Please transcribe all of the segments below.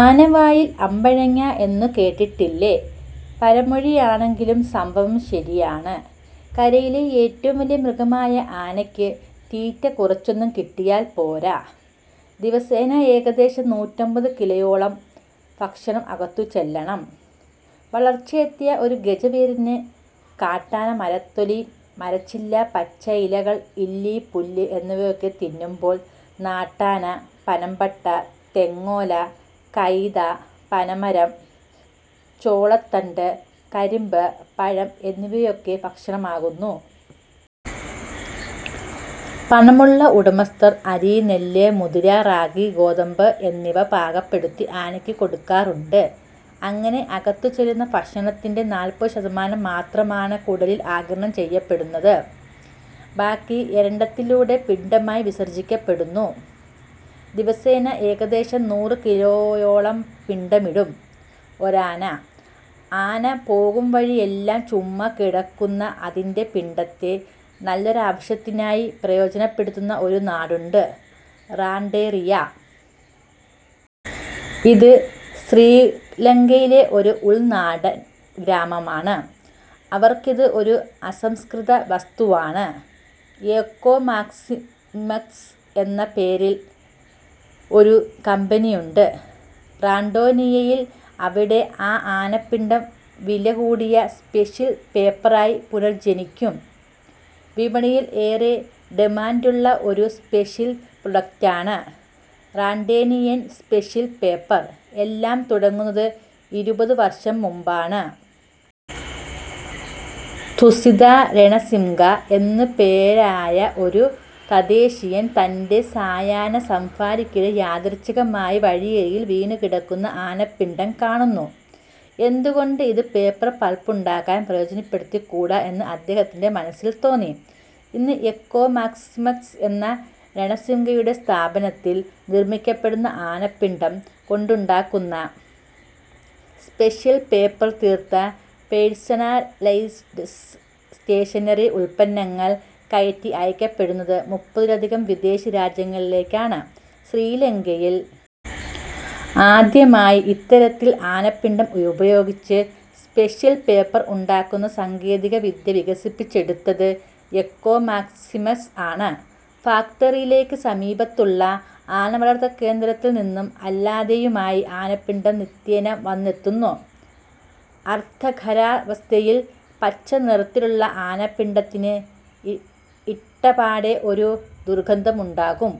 ആനവായിൽ അമ്പഴങ്ങ എന്നു കേട്ടിട്ടില്ലേ? പഴമൊഴിയാണെങ്കിലും സംഭവം ശരിയാണ്. കരയിലെ ഏറ്റവും വലിയ മൃഗമായ ആനയ്ക്ക് തീറ്റ കുറച്ചൊന്നും കിട്ടിയാൽ പോരാ. ദിവസേന ഏകദേശം നൂറ്റമ്പത് കിലോയോളം ഭക്ഷണം അകത്തുചെല്ലണം വളർച്ചയെത്തിയ ഒരു ഗജവീരന്. കാട്ടാന മരത്തൊലി, മരച്ചില്ല, പച്ച ഇലകൾ, ഇല്ലി, പുല്ല് എന്നിവയൊക്കെ തിന്നുമ്പോൾ നാട്ടാന പനംപട്ട, തെങ്ങോല, കൈത, പനമരം, ചോളത്തണ്ട്, കരിമ്പ്, പഴം എന്നിവയൊക്കെ ഭക്ഷണമാകുന്നു. പണമുള്ള ഉടമസ്ഥർ അരി, നെല്ല്, മുതിര, റാഗി, ഗോതമ്പ് എന്നിവ പാകപ്പെടുത്തി ആനയ്ക്ക് കൊടുക്കാറുണ്ട്. അങ്ങനെ അകത്തുചെല്ലുന്ന ഭക്ഷണത്തിൻ്റെ നാൽപ്പത് ശതമാനം മാത്രമാണ് കുടലിൽ ആഗിരണം ചെയ്യപ്പെടുന്നത്. ബാക്കി എരണ്ടത്തിലൂടെ പിണ്ടമായി വിസർജിക്കപ്പെടുന്നു. ദിവസേന ഏകദേശം നൂറ് കിലോയോളം പിണ്ടമിടും ഒരാന. ആന പോകും വഴിയിലെല്ലാം ചുമ്മാ കിടക്കുന്ന അതിൻ്റെ പിണ്ടത്തെ നല്ലൊരാവശ്യത്തിനായി പ്രയോജനപ്പെടുത്തുന്ന ഒരു നാടുണ്ട്, റാണ്ടേറിയ. ഇത് ശ്രീലങ്കയിലെ ഒരു ഉൾനാടൻ ഗ്രാമമാണ്. അവർക്കിത് ഒരു അസംസ്കൃത വസ്തുവാണ്. എക്കോ മാക്സിമസ് എന്ന പേരിൽ ഒരു കമ്പനിയുണ്ട് റാണ്ടേനിയയിൽ. അവിടെ ഈ ആനപ്പിണ്ടം വിലകൂടിയ സ്പെഷ്യൽ പേപ്പറായി പുനർജനിക്കും. വിപണിയിൽ ഏറെ ഡിമാൻഡുള്ള ഒരു സ്പെഷ്യൽ പ്രൊഡക്ടാണ് റാണ്ടേനിയൻ സ്പെഷ്യൽ പേപ്പർ. എല്ലാം തുടങ്ങുന്നത് ഇരുപത് വർഷം മുമ്പാണ്. തുസിത രണസിംഗ എന്നുപേരായ ഒരു തദ്ദേശീയൻ തൻ്റെ സായാഹ്ന സവാരിക്കിടെ യാദൃച്ഛികമായി വഴിയരികിൽ വീണുകിടക്കുന്ന ആനപ്പിണ്ടം കാണുന്നു. എന്തുകൊണ്ട് ഇത് പേപ്പർ പൾപ്പുണ്ടാക്കാൻ പ്രയോജനപ്പെടുത്തിക്കൂടാ എന്ന് അദ്ദേഹത്തിൻ്റെ മനസ്സിൽ തോന്നി. ഇന്ന് എക്കോ മാക്സിമസ് എന്ന രണസിംഗയുടെ സ്ഥാപനത്തിൽ നിർമിക്കപ്പെടുന്ന ആനപ്പിണ്ടം കൊണ്ടുണ്ടാക്കുന്ന സ്പെഷ്യൽ പേപ്പറിൽ തീർത്ത പേഴ്സണലൈസ്ഡ് സ്റ്റേഷനറി ഉത്പന്നങ്ങൾ കയറ്റി അയക്കപ്പെടുന്നത് മുപ്പതിലധികം വിദേശ രാജ്യങ്ങളിലേക്കാണ്. ശ്രീലങ്കയിൽ ആദ്യമായി ഇത്തരത്തിൽ ആനപ്പിണ്ടം ഉപയോഗിച്ച് സ്പെഷ്യൽ പേപ്പർ ഉണ്ടാക്കുന്ന സാങ്കേതികവിദ്യ വികസിപ്പിച്ചെടുത്തത് എക്കോ മാക്സിമസ് ആണ്. ഫാക്ടറിയിലേക്ക് സമീപത്തുള്ള ആനവളർത്തുകേന്ദ്രത്തിൽ നിന്നും അല്ലാതെയുമായി ആനപ്പിണ്ടം നിത്യേന വന്നെത്തുന്നു. അർദ്ധഖരാവസ്ഥയിൽ പച്ചനിറത്തിലുള്ള ആനപ്പിണ്ടത്തിന് ഇട്ടപാടെ ഒരു ദുർഗന്ധമുണ്ടാകും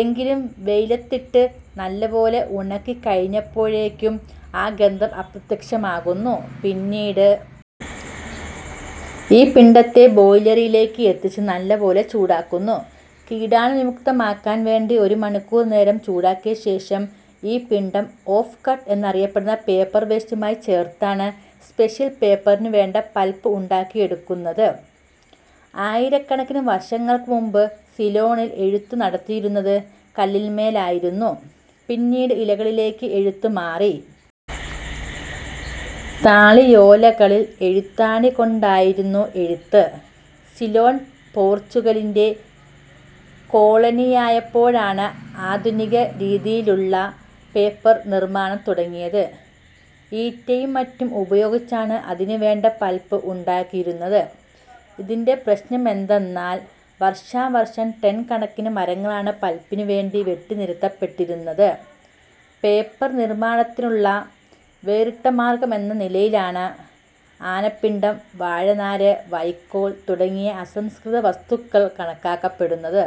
എങ്കിലും വെയിലത്തിട്ട് നല്ലപോലെ ഉണക്കിക്കഴിയുമ്പോഴേക്കും ആ ഗന്ധം അപ്രത്യക്ഷമാകുന്നു. പിന്നീട് ഈ പിണ്ടത്തെ ബോയിലറിലേക്ക് എത്തിച്ച് നല്ലപോലെ ചൂടാക്കുന്നു. കീടാണുവിമുക്തമാക്കാൻ വേണ്ടി ഒരു മണിക്കൂർ നേരം ചൂടാക്കിയ ശേഷം ഈ പിണ്ടം ഓഫ് കട്ട് എന്നറിയപ്പെടുന്ന പേപ്പർ വേസ്റ്റുമായി ചേർത്താണ് സ്പെഷ്യൽ പേപ്പറിന് വേണ്ട പൾപ്പ് ഉണ്ടാക്കിയെടുക്കുന്നത്. ആയിരക്കണക്കിന് വർഷങ്ങൾക്ക് മുമ്പ് സിലോണിൽ എഴുത്ത് നടന്നിരുന്നത് കല്ലിന്മേലായിരുന്നു. പിന്നീട് ഇലകളിലേക്ക് എഴുത്ത് മാറി. താളിയോലകളിൽ എഴുത്താണികൊണ്ടായിരുന്നു എഴുത്ത്. സിലോൺ പോർച്ചുഗലിൻ്റെ കോളനിയായപ്പോഴാണ് ആധുനിക രീതിയിലുള്ള പേപ്പർ നിർമ്മാണം തുടങ്ങുന്നത്. ഈറ്റയും മറ്റും ഉപയോഗിച്ചാണ് അതിനുവേണ്ട പൾപ്പ് ഉണ്ടാക്കിയിരുന്നത്. ഇതിൻ്റെ പ്രശ്നമെന്തെന്നാൽ വർഷാവർഷം ടൺ കണക്കിന് മരങ്ങളാണ് പൾപ്പിനുവേണ്ടി വെട്ടിനിരത്തപ്പെട്ടിരുന്നത്. പേപ്പർ നിർമ്മാണത്തിനുള്ള വേറിട്ട മാർഗം എന്ന നിലയിലാണ് ആനപ്പിണ്ടം, വാഴനാര്, വൈക്കോൽ തുടങ്ങിയ അസംസ്കൃത വസ്തുക്കൾ കണക്കാക്കപ്പെടുന്നത്.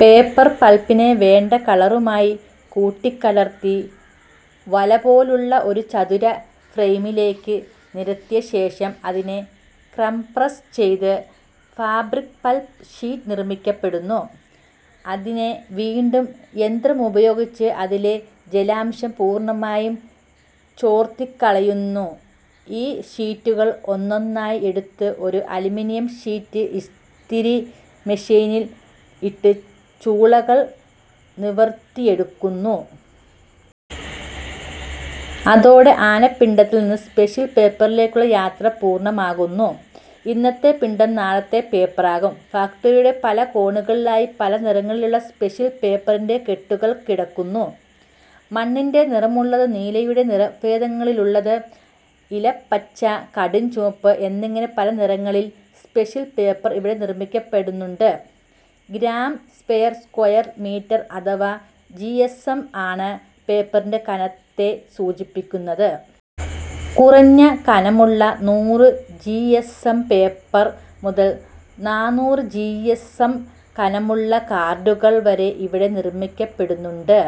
പേപ്പർ പൾപ്പിനെ വേണ്ട കളറുമായി കൂട്ടിക്കലർത്തി വലപോലുള്ള ഒരു ചതുര ഫ്രെയിമിലേക്ക് നിരത്തിയ ശേഷം അതിനെ കംപ്രസ് ചെയ്ത് ഫാബ്രിക് പൾപ്പ് ഷീറ്റ് നിർമ്മിക്കപ്പെടുന്നു. അതിനെ വീണ്ടും യന്ത്രമുപയോഗിച്ച് അതിലെ ജലാംശം പൂർണ്ണമായി ചോർത്തിക്കളയുന്നു. ഈ ഷീറ്റുകൾ ഒന്നൊന്നായി എടുത്ത് ഒരു അലുമിനിയം ഷീറ്റ് ഇസ്തിരി മെഷീനിൽ ഇട്ട് ചുളുക്കുകൾ നിവർത്തിയെടുക്കുന്നു. അതോടെ ആനപ്പിണ്ടത്തിൽ നിന്ന് സ്പെഷ്യൽ പേപ്പറിലേക്കുള്ള യാത്ര പൂർണ്ണമാകുന്നു. ഇന്നത്തെ പിണ്ടം നാളത്തെ പേപ്പറാകും. ഫാക്ടറിയുടെ പല കോണുകളിലായി പല നിറങ്ങളിലുള്ള സ്പെഷ്യൽ പേപ്പറിൻ്റെ കെട്ടുകൾ കിടക്കുന്നു. മണ്ണിൻ്റെ നിറമുള്ളത്, നീലയുടെ നിറഭേദങ്ങളിലുള്ളത്, ഇലപ്പച്ച, കടുംചുവപ്പ് എന്നിങ്ങനെ പല നിറങ്ങളിൽ സ്പെഷ്യൽ പേപ്പർ ഇവിടെ നിർമ്മിക്കപ്പെടുന്നുണ്ട്. ഗ്രാംസ് പെർ സ്ക്വയർ മീറ്റർ അഥവാ ജിഎസ്എം ആണ് പേപ്പറിൻ്റെ കനത്തെ സൂചിപ്പിക്കുന്നത്. കുറഞ്ഞ കനമുള്ള നൂറ് ജിഎസ്എം പേപ്പർ മുതൽ നാനൂറ് ജിഎസ്എം കനമുള്ള കാർഡുകൾ വരെ ഇവിടെ നിർമ്മിക്കപ്പെടുന്നുണ്ട്.